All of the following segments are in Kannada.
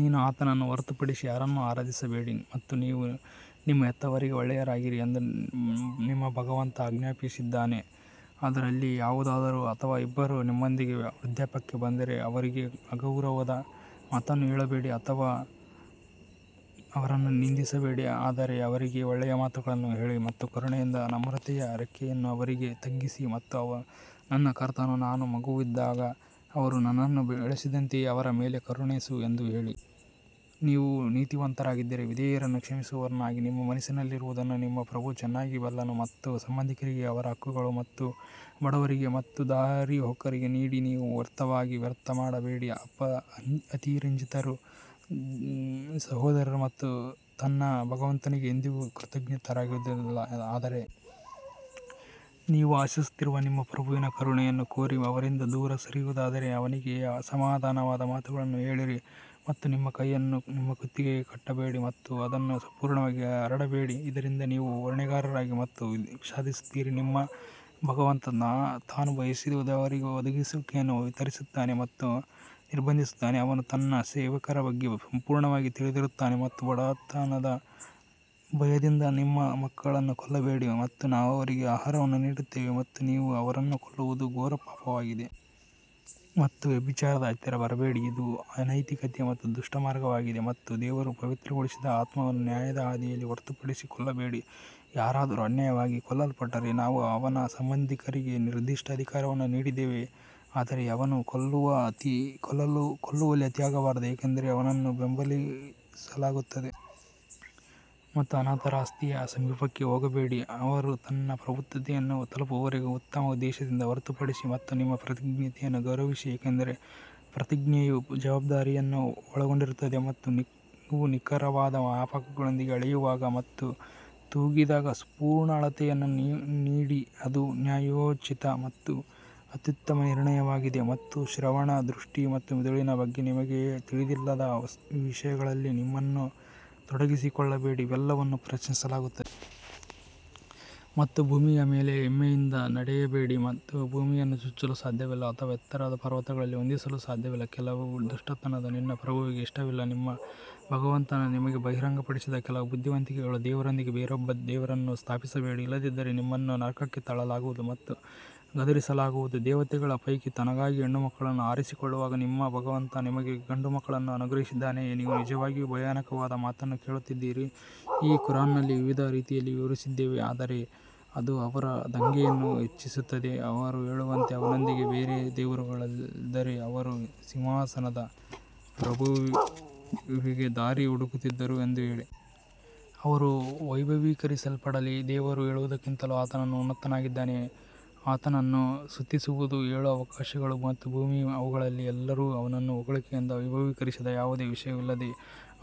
ನೀವು ಆತನನ್ನು ಹೊರತುಪಡಿಸಿ ಯಾರನ್ನೂ ಆರಾಧಿಸಬೇಡಿ ಮತ್ತು ನೀವು ನಿಮ್ಮ ಹೆತ್ತವರಿಗೆ ಒಳ್ಳೆಯವರಾಗಿರಿ ಎಂದು ನಿಮ್ಮ ಭಗವಂತ ಆಜ್ಞಾಪಿಸಿದ್ದಾನೆ, ಅವರಲ್ಲಿ ಯಾರಾದರೂ ಅಥವಾ ಇಬ್ಬರೂ ನಿಮ್ಮೊಂದಿಗೆ ವೃದ್ಧಾಪ್ಯಕ್ಕೆ ಬಂದರೆ ಅವರಿಗೆ ಅಗೌರವದ ಮಾತನ್ನು ಹೇಳಬೇಡಿ ಅಥವಾ ಅವರನ್ನು ನಿಂದಿಸಬೇಡಿ ಆದರೆ ಅವರಿಗೆ ಒಳ್ಳೆಯ ಮಾತುಗಳನ್ನು ಹೇಳಿ ಮತ್ತು ಕರುಣೆಯಿಂದ ನಮ್ರತೆಯ ರೆಕ್ಕೆಯನ್ನು ಅವರಿಗೆ ತಗ್ಗಿಸಿ ಮತ್ತು ನನ್ನ ಕರ್ತನು ನಾನು ಮಗುವಾಗಿದ್ದಾಗ ಅವರು ನನ್ನನ್ನು ಬೆಳೆಸಿದಂತೆಯೇ ಅವರ ಮೇಲೆ ಕರುಣಿಸು ಎಂದು ಹೇಳಿ. ನೀವು ನೀತಿವಂತರಾಗಿದ್ದರೆ ವಿಧೇಯರನ್ನು ಕ್ಷಮಿಸುವವನಾಗಿ ನಿಮ್ಮ ಮನಸ್ಸಿನಲ್ಲಿರುವದನ್ನು ನಿಮ್ಮ ಪ್ರಭು ಚೆನ್ನಾಗಿ ಬಲ್ಲನು ಮತ್ತು ಸಂಬಂಧಿಕರಿಗೆ ಅವರ ಹಕ್ಕುಗಳನ್ನು ಮತ್ತು ಬಡವರಿಗೆ ಮತ್ತು ದಾರಿಹೋಕರಿಗೆ ನೀಡಿ ಮತ್ತು ವ್ಯರ್ಥವಾಗಿ ವ್ಯರ್ಥ ಮಾಡಬೇಡಿ ಅತಿರಂಜಿತರು ದೆವ್ವಗಳ ಸಹೋದರರು ಮತ್ತು ದೆವ್ವವು ತನ್ನ ಭಗವಂತನಿಗೆ ಎಂದಿಗೂ ಕೃತಜ್ಞನಾಗಿರುವುದಿಲ್ಲ ಆದರೆ ನೀವು ಆಶಿಸುತ್ತಿರುವ ನಿಮ್ಮ ಪ್ರಭುವಿನ ಕರುಣೆಯನ್ನು ಕೋರಿ ಅವರಿಂದ ದೂರ ಸರಿಯುವುದಾದರೆ ಅವರಿಗೆ ಸಮಾಧಾನದ ಮಾತುಗಳನ್ನು ಹೇಳಿರಿ ಮತ್ತು ನಿಮ್ಮ ಕೈಯನ್ನು ನಿಮ್ಮ ಕುತ್ತಿಗೆಗೆ ಕಟ್ಟಬೇಡಿ ಅಥವಾ ಅದನ್ನು ಸಂಪೂರ್ಣವಾಗಿ ಹರಡಬೇಡಿ ಇದರಿಂದ ನೀವು ಹೊಣೆಗಾರರಾಗಿ ಮತ್ತು ವಿಷಾದಿಸುತ್ತೀರಿ ನಿಮ್ಮ ಭಗವಂತ ತಾನು ಬಯಸಿದವರಿಗೆ ಒದಗಿಸುವಿಕೆಯನ್ನು ವಿಸ್ತರಿಸುತ್ತಾನೆ ಮತ್ತು ಅದನ್ನು ನಿರ್ಬಂಧಿಸುತ್ತಾನೆ ಅವನು ತನ್ನ ಸೇವಕರ ಬಗ್ಗೆ ಸಂಪೂರ್ಣವಾಗಿ ತಿಳಿದಿರುತ್ತಾನೆ ಮತ್ತು ಬಡತನದ ಭಯದಿಂದ ನಿಮ್ಮ ಮಕ್ಕಳನ್ನು ಕೊಲ್ಲಬೇಡಿ ಮತ್ತು ನಾವು ಅವರಿಗೆ ಆಹಾರವನ್ನು ನೀಡುತ್ತೇವೆ ಮತ್ತು ನೀವು ಅವರನ್ನು ಕೊಲ್ಲುವುದು ಘೋರ ಪಾಪವಾಗಿದೆ. ಮತ್ತು ವ್ಯಭಿಚಾರದ ಹತ್ತಿರ ಬರಬೇಡಿ ಇದು ಅನೈತಿಕ ಮತ್ತು ದುಷ್ಟ ಮಾರ್ಗವಾಗಿದೆ ಮತ್ತು ದೇವರು ಪವಿತ್ರಗೊಳಿಸಿದ ಆತ್ಮವನ್ನು ನ್ಯಾಯದ ಹಾದಿಯಲ್ಲಿ ಹೊರತುಪಡಿಸಿ ಕೊಲ್ಲಬೇಡಿ, ಯಾರಾದರೂ ಅನ್ಯಾಯವಾಗಿ ಕೊಲ್ಲಲ್ಪಟ್ಟರೆ ನಾವು ಅವನ ಸಂಬಂಧಿಕರಿಗೆ ನಿರ್ದಿಷ್ಟ ಅಧಿಕಾರವನ್ನು ನೀಡಿದ್ದೇವೆ ಆದರೆ ಅವನು ಕೊಲ್ಲುವಲ್ಲಿ ಅತಿಯಾಗಬಾರದು ಏಕೆಂದರೆ ಅವನನ್ನು ಬೆಂಬಲಿಸಲಾಗುತ್ತದೆ. ಮತ್ತು ಅನಾಥರ ಆಸ್ತಿಯ ಸಮೀಪಕ್ಕೆ ಹೋಗಬೇಡಿ, ಅವನು ತನ್ನ ಪ್ರಬುದ್ಧತೆಯನ್ನು ತಲುಪುವವರೆಗೆ ಉತ್ತಮ ಉದ್ದೇಶದಿಂದ ಹೊರತುಪಡಿಸಿ ಮತ್ತು ನಿಮ್ಮ ಪ್ರತಿಜ್ಞೆಯನ್ನು ಗೌರವಿಸಿ ಏಕೆಂದರೆ ಪ್ರತಿಜ್ಞೆಯು ಜವಾಬ್ದಾರಿಯನ್ನು ಒಳಗೊಂಡಿರುತ್ತದೆ ಮತ್ತು ನೀವು ನಿಖರವಾದ ಮಾಪಕಗಳೊಂದಿಗೆ ಅಳೆಯುವಾಗ ಮತ್ತು ತೂಗಿದಾಗ ಪೂರ್ಣ ಅಳತೆಯನ್ನು ನೀಡಿ ಅದು ನ್ಯಾಯೋಚಿತ ಮತ್ತು ಅತ್ಯುತ್ತಮ ನಿರ್ಣಯವಾಗಿದೆ ಮತ್ತು ಶ್ರವಣ, ದೃಷ್ಟಿ ಮತ್ತು ಮಿದುಳುಗಳ ಬಗ್ಗೆ ನಿಮಗೆ ತಿಳಿದಿಲ್ಲದ ವಿಷಯಗಳಲ್ಲಿ ನಿಮ್ಮನ್ನು ತೊಡಗಿಸಿಕೊಳ್ಳಬೇಡಿ, ಇವೆಲ್ಲವನ್ನೂ ಪ್ರಶ್ನಿಸಲಾಗುತ್ತದೆ. ಮತ್ತು ಭೂಮಿಯ ಮೇಲೆ ಹೆಮ್ಮೆಯಿಂದ ನಡೆಯಬೇಡಿ ನೀವು ಭೂಮಿಯನ್ನು ಚುಚ್ಚಲು ಸಾಧ್ಯವಿಲ್ಲ ಅಥವಾ ಎತ್ತರದಲ್ಲಿ ಪರ್ವತಗಳನ್ನು ಹೊಂದಿಸಲು ಸಾಧ್ಯವಿಲ್ಲ ಇವೆಲ್ಲವುಗಳ ದುಷ್ಟತನವು ನಿನ್ನ ಪ್ರಭುವಿಗೆ ಇಷ್ಟವಿಲ್ಲ ನಿಮ್ಮ ಭಗವಂತ ನಿಮಗೆ ಬಹಿರಂಗಪಡಿಸಿದ ಕೆಲವು ಬುದ್ಧಿವಂತಿಕೆಗಳು ದೇವರೊಂದಿಗೆ ಬೇರೊಬ್ಬ ದೇವರನ್ನು ಸ್ಥಾಪಿಸಬೇಡಿ ಇಲ್ಲದಿದ್ದರೆ ನಿಮ್ಮನ್ನು ನರಕಕ್ಕೆ ತಳ್ಳಲಾಗುವುದು ಮತ್ತು ಗದರಿಸಲಾಗುವುದು ದೇವತೆಗಳ ಪೈಕಿ ತನಗಾಗಿ ಹೆಣ್ಣುಮಕ್ಕಳನ್ನು ಆರಿಸಿಕೊಳ್ಳುವಾಗ ನಿಮ್ಮ ಭಗವಂತ ನಿಮಗೆ ಗಂಡುಮಕ್ಕಳನ್ನು ಅನುಗ್ರಹಿಸಿದ್ದಾನೆಯೇ, ನೀವು ನಿಜವಾಗಿಯೂ ಭಯಾನಕವಾದ ಮಾತನ್ನು ಹೇಳುತ್ತಿದ್ದೀರಿ ನಾವು ಈ ಕುರಾನ್ನಲ್ಲಿ ವಿವಿಧ ರೀತಿಯಲ್ಲಿ ವಿವರಿಸಿದ್ದೇವೆ, ಆದರೆ ಅದು ಅವರ ದಂಗೆಯನ್ನು ಹೆಚ್ಚಿಸುತ್ತದೆ ಅವರು ಹೇಳುವಂತೆ ಅವನೊಂದಿಗೆ ಬೇರೆ ದೇವರುಗಳಿದ್ದರೆ ಅವರು ಸಿಂಹಾಸನದ ಪ್ರಭುವಿಗೆ ದಾರಿ ಹುಡುಕುತ್ತಿದ್ದರು ಎಂದು ಹೇಳಿ. ಅವರು ವೈಭವೀಕರಿಸಲ್ಪಡಲಿ, ಅವರು ಹೇಳುವುದಕ್ಕಿಂತಲೂ ಆತನು ಉನ್ನತನಾಗಿದ್ದಾನೆ ಆತನನ್ನು ಸ್ತುತಿಸುವುದು ಏಳು ಆಕಾಶಗಳು ಮತ್ತು ಭೂಮಿ ಮತ್ತು ಅವುಗಳಲ್ಲಿ ಎಲ್ಲರೂ ಅವನನ್ನು ಹೊಗಳಿಕೆಯಿಂದ ವೈಭವೀಕರಿಸದ ಯಾವುದೇ ವಿಷಯವಿಲ್ಲ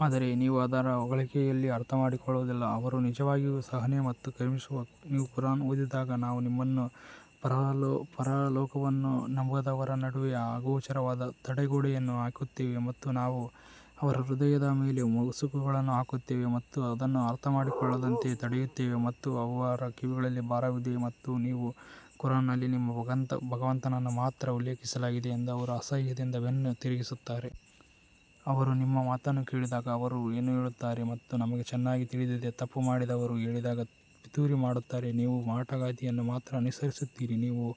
ಆದರೆ ನೀವು ಅವರ ಹೊಗಳಿಕೆಯನ್ನು ಅರ್ಥಮಾಡಿಕೊಳ್ಳುವುದಿಲ್ಲ ಅವನು ನಿಜವಾಗಿಯೂ ಸಹನೆ ಮತ್ತು ಕ್ಷಮಿಸುವನು ನೀವು ಖುರಾನ್ ಅನ್ನು ಓದಿದಾಗ ನಾವು ನಿಮ್ಮ ಮತ್ತು ಪರಲೋಕವನ್ನು ನಂಬದವರ ನಡುವೆ ಅಗೋಚರವಾದ ತಡೆಗೋಡೆಯನ್ನು ಹಾಕುತ್ತೇವೆ ಮತ್ತು ನಾವು ಅವರ ಹೃದಯದ ಮೇಲೆ ಮುಸುಕುಗಳನ್ನು ಹಾಕುತ್ತೇವೆ ಮತ್ತು ಅದನ್ನು ಅರ್ಥಮಾಡಿಕೊಳ್ಳದಂತೆ ತಡೆಯುತ್ತೇವೆ ಮತ್ತು ಅವರ ಕಿವಿಗಳಲ್ಲಿ ಭಾರವಿದೆ ಮತ್ತು ನೀವು ಕುರಾನ್ನಲ್ಲಿ ನಿಮ್ಮ ಭಗವಂತನನ್ನು ಮಾತ್ರ ಉಲ್ಲೇಖಿಸಿದಾಗ ಅವರು ಅಸಹ್ಯದಿಂದ ಬೆನ್ನು ತಿರುಗಿಸುತ್ತಾರೆ. ಅವರು ನಿಮ್ಮ ಮಾತನ್ನು ಕೇಳಿದಾಗ ಅವರು ಏನು ಕೇಳುತ್ತಾರೆ ಎಂದು ನಮಗೆ ಚೆನ್ನಾಗಿ ತಿಳಿದಿದೆ, ತಪ್ಪು ಮಾಡಿದವರು ಹೇಳಿದಾಗ ಅವರು ಪಿತೂರಿ ಮಾಡುತ್ತಾರೆ, ನೀವು ಮಾಟಗಾತಿಯನ್ನು ಮಾತ್ರ ಅನುಸರಿಸುತ್ತೀರಿ ಅವರು ನಿಮ್ಮನ್ನು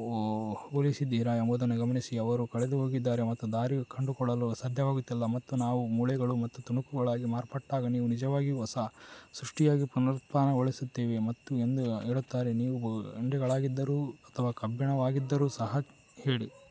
ಯಾವುದಕ್ಕೆ ಹೋಲಿಸಿದ್ದಾರೆ ಎಂಬುದನ್ನು ಗಮನಿಸಿ ಅವರು ಕಳೆದುಹೋಗಿದ್ದಾರೆ ಮತ್ತು ದಾರಿ ಕಂಡುಕೊಳ್ಳಲು ಸಾಧ್ಯವಾಗುತ್ತಿಲ್ಲ ಮತ್ತು ನಾವು ಮೂಳೆಗಳು ಮತ್ತು ತುಣುಕುಗಳಾಗಿ ಮಾರ್ಪಟ್ಟಾಗ ನಾವು ನಿಜವಾಗಿಯೂ ಹೊಸ ಸೃಷ್ಟಿಯಾಗಿ ಪುನರುತ್ಥಾನಗೊಳ್ಳುತ್ತೇವೆ ಎಂದು ಅವರು ಹೇಳುತ್ತಾರೆ ನೀವು ಬಂಡೆಗಳಾಗಿದ್ದರೂ ಅಥವಾ ಕಬ್ಬಿಣವಾಗಿದ್ದರೂ ಸಹ ಹೇಳಿ.